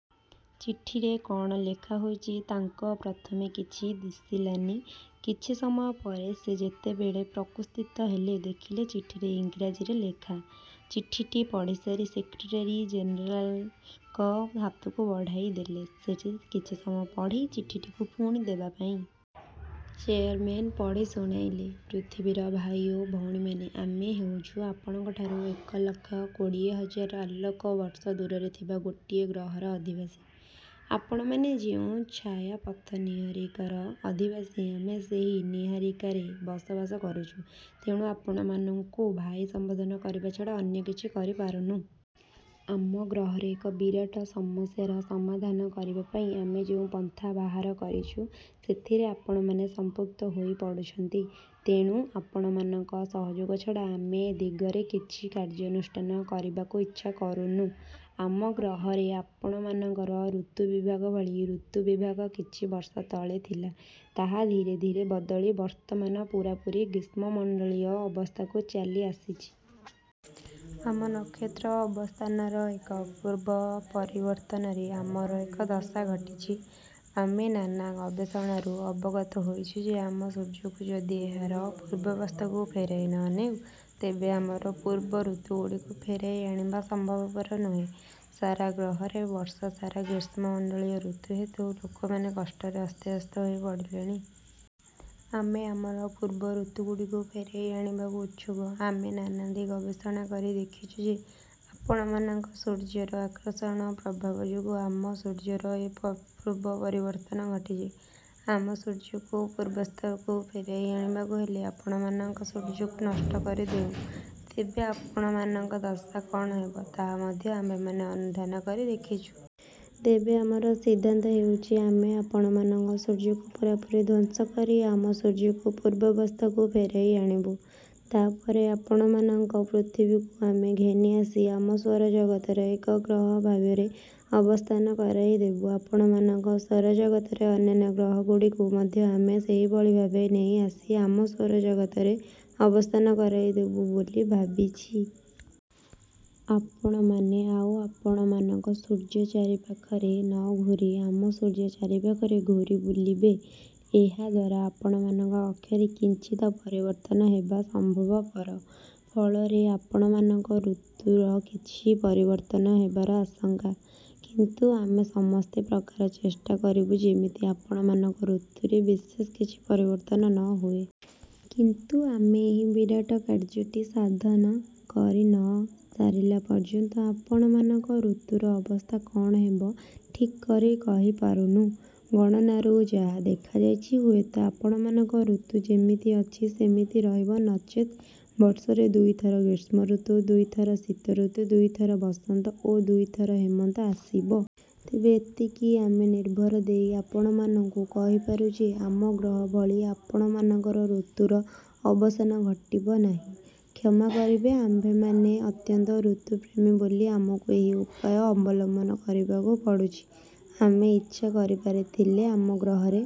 ଚିଠିଟିରେ କଣ ଲେଖା ହୋଇଛି ତାଙ୍କ ପ୍ରଥମେ କିଛି ଦିଶିଲାନି। କିଛି ସମୟ ପରେ ସେ ଯେତେବେଳେ ପ୍ରକୃତିସ୍ଥ ହେଲେ ଦେଖିଲେ ଚିଠିଟି ଇଂରାଜୀରେ ଲେଖା। ଚିଠିଟି ପଢ଼ିସାରି ସେକ୍ରେଟେରୀ ଜେନେରାଲଙ୍କ ହାତକୁ ବଢ଼ାଇ ଦେଲେ। ସେ କିଛି ସମୟ ପଢ଼ି ଚିଠିଟିକୁ ପୁଣି ଦେବାପାଇଁ। ଚେୟାରମେନ୍ ପଢ଼ି ଶୁଣାଇଲେ। ପୃଥିବୀର ଭାଇ ଓ ଭଉଣୀମାନେ ଆମେ ହେଉଛୁଁ ଆପଣଙ୍କଠାରୁ ଏକ ଲକ୍ଷ କୋଡ଼ିଏ ହଜାର ଆଲୋକ ବର୍ଷ ଦୂରରେ ଥିବା ଗୋଟିଏ ଗ୍ରହର ଅଧିବାସୀ। ଆପଣମାନେ ଯେଉଁ ଛାୟାପଥନିହାରିକର ଅଧିବାସୀ ଆମେ ସେହି ନିହାରିକାରେ ବସବାସ କରୁଚୁ। ତେଣୁ ଆପଣମାନଙ୍କୁ ଭାଇ ସମ୍ବୋଧନ କରିବାଛଡ଼ା ଅନ୍ୟ କିଛି କରି ପାରୁନୁ। ଆମ ଗ୍ରହରେ ଏକ ବିରାଟ ସମସ୍ୟାର ସମାଧାନ କରିବାପାଇଁ ଆମେ ଯେଉଁ ପନ୍ଥା ବାହାର କରିଛୁଁ, ସେଥିରେ ଆପଣମାନେ ସମ୍ପୃକ୍ତ ହୋଇ ପଡ଼ୁଛନ୍ତି। ତେଣୁ ଆପଣମାନଙ୍କ ସହଯୋଗ ଛଡ଼ା ଆମେ ଏ ଦିଗରେ କିଛି କାର୍ଯ୍ୟାନୁଷ୍ଠାନ କରିବାକୁ ଇଚ୍ଛା କରୁନୁ। ଆମ ଗ୍ରହରେ ଆପଣମାନଙ୍କର ଋତୁ ବିଭାଗ ଭଳି ଋତୁ ବିଭାଗ କିଛି ବର୍ଷ ତଳେ ଥିଲା, ତାହା ଧୀରେ ଧୀରେ ବଦଳି ବର୍ତ୍ତମାନ ପୂରାପୂରି ଗ୍ରୀଷ୍ମ ମଣ୍ଡଳୀୟ ଅବସ୍ଥାକୁ ଚାଲି ଆସିଛି। ଆମ ନକ୍ଷତ୍ର ଅବସ୍ଥାନର ଏକ ଅପୂର୍ବ ପରିବର୍ତ୍ତନରେ ଆମର ଏ ଦଶା ଘଟିଛି। ଆମେ ନାନା ଗବେଷଣାରୁ ଅବଗତ ହୋଇଛୁ ଯେ ଆମ ସୂର୍ଯ୍ୟକୁ ଯଦି ଏହାର ପୂର୍ବାବସ୍ଥାକୁ ଫେରାଇ ନ ନେଉ, ତବେ ଆମର ପୂର୍ବ ଋତୁଗୁଡ଼ିକୁ ଫେରାଇ ଆଣିବା ସମ୍ଭବପର ନୁହେଁ। ସାରାଗ୍ରହରେ ବର୍ଷ ସାରା ଗ୍ରୀଷ୍ମ ମଣ୍ଡଳୀୟ ଋତୁ ହେତୁ ଲୋକମାନେ କଷ୍ଟରେ ଅସ୍ତବ୍ୟସ୍ତ ହୋଇ ପଡ଼ିଲେଣି। ଆମେ ଆମର ପୂର୍ବ ଋତୁଗୁଡ଼ିକୁ ଫେରାଇ ଆଣିବାକୁ ଇଛୁକ। ଆମେ ନାନାଦି ଗବେଷଣା କରି ଦେଖିଛୁ ଯେ ଆପଣମାନଙ୍କ ସୂର୍ଯ୍ୟର ଆକର୍ଷଣ ପ୍ରଭାବ ଯୋଗୁଁ ଆମ ସୂର୍ଯ୍ୟର ଏ ଅପୂର୍ବ ପରିବର୍ତ୍ତନ ଘଟିଛି। ଆମ ସୂର୍ଯ୍ୟକୁ ପୂର୍ବାବସ୍ଥାକୁ ଫେରାଇ ଆଣିବାକୁ ହେଲେ ଆପଣମାନଙ୍କ ସୂର୍ଯ୍ୟକୁ ନଷ୍ଟ କରିଦେଉଁ, ତେବେ ଆପଣମାନଙ୍କ ଦଶା କଣ ହେବ, ତାହା ମଧ୍ୟ ଆମ୍ଭେମାନେ ଅନୁଧ୍ୟାନ କରି ଦେଖିଛୁ। ତେବେ ଆମର ସିଦ୍ଧାନ୍ତ ହେଉଛି, ଆମେ ଆପଣମାନଙ୍କ ସୂର୍ଯ୍ୟକୁ ପୂରାପୂରି ଧ୍ୱଂସ କରି ଆମ ସୂର୍ଯ୍ୟକୁ ପୂର୍ବାବସ୍ଥାକୁ ଫେରାଇ ଆଣିବୁ; ତାପରେ ଆପଣମାନଙ୍କ ପୃଥିବୀକୁ ଆମେ ଘେନି ଆସି ଆମ ସୌରଜଗତର ଏକ ଗ୍ରହ ଭାବରେ ଅବସ୍ଥାନ କରାଇ ଦେବୁ ଆପଣମାନଙ୍କ ସୌରଜଗତର ଅନ୍ୟାନ୍ୟ ଗ୍ରହଗୁଡ଼ିକୁ ମଧ୍ୟ ଆମେ ସେହିଭଳି ଭାବରେ ନେଇ ଆସି ଆମ ସୌରଜଗତରେ ଅବସ୍ଥାନ କରାଇଦେବୁ ବୋଲି ଭାବିଛୁ। ଆପଣମାନେ ଆଉ ଆପଣମାନଙ୍କ ସୂର୍ଯ୍ୟ ଚାରିପାଖରେ ନ ଘୂରି ଆମ ସୂର୍ଯ୍ୟ ଚାରିପାଖରେ ଘୂରି ବୁଲିବେ। ଏହା ଦ୍ୱାରା ଆପଣମାନଙ୍କ କକ୍ଷରେ କିଞ୍ଚିତ ପରିବର୍ତ୍ତନ ହେବ ସମ୍ଭବପର; ଫଳରେ ଆପଣମାନଙ୍କ ଋତୁର କିଛି ପରିବର୍ତ୍ତନ ହେବାର ଆଶଙ୍କା। କିନ୍ତୁ ଆମେ ସମସ୍ତ ପ୍ରକାର ଚେଷ୍ଟା କରିବୁଁ ଯେମିତି ଆପଣମାନଙ୍କ ଋତୁରେ ବିଶେଷ କିଛ ପରିବର୍ତ୍ତନ ନ ହୁଏ। କିନ୍ତୁ ଆମେ ଏହି ବିରାଟ କାର୍ଯ୍ୟଟି ସାଧନ କରି ନ ସରିଲା ପର୍ଯ୍ୟନ୍ତ ଆପଣମାନଙ୍କ ଋତୁର ଅବସ୍ଥା କଣ ହେବ ଠିକ୍ କରି କହିପାରୁନୁ। ଗଣନାରୁ ଯାହା ଦେଖାଯାଉଛି ହୁଏତ ଆପଣମାନଙ୍କ ଋତୁ ଯେମିତି ଅଛି ସେମିତି ରହିବ ନଚେତ୍ ବର୍ଷରେ ଦୁଇ ଥର ଗ୍ରୀଷ୍ମ ଋତୁ, ଦୁଇ ଥର ଶୀତଋତୁ, ଦୁଇ ଥର ବସନ୍ତ ଓ ଦୁଇଥର ହେମନ୍ତ ଆସିବ। ତେବେ ଏତିକି ଆମେନିର୍ଭର ଦେଇ ଆପଣମାନଙ୍କୁ କହିପାରୁ ଯେ ଆମ ଗ୍ରହ ଭଳି ଆପଣମାନଙ୍କର ଋତୁର ଅବସାନ ଘଟିବ ନାହିଁ। କ୍ଷମା କରିବେ ଆମ୍ଭେମାନେ ଅତ୍ୟନ୍ତ ଋତୁପ୍ରେମୀ ବୋଲି ଆମକୁ ଏହି ଉପାୟ ଅବଲମ୍ବନ କରିବାକୁ ପଡ଼ୁଛି। ଆମେ ଇଛା କରିପାରିଥିଲେ ଆମ ଗ୍ରହରେ--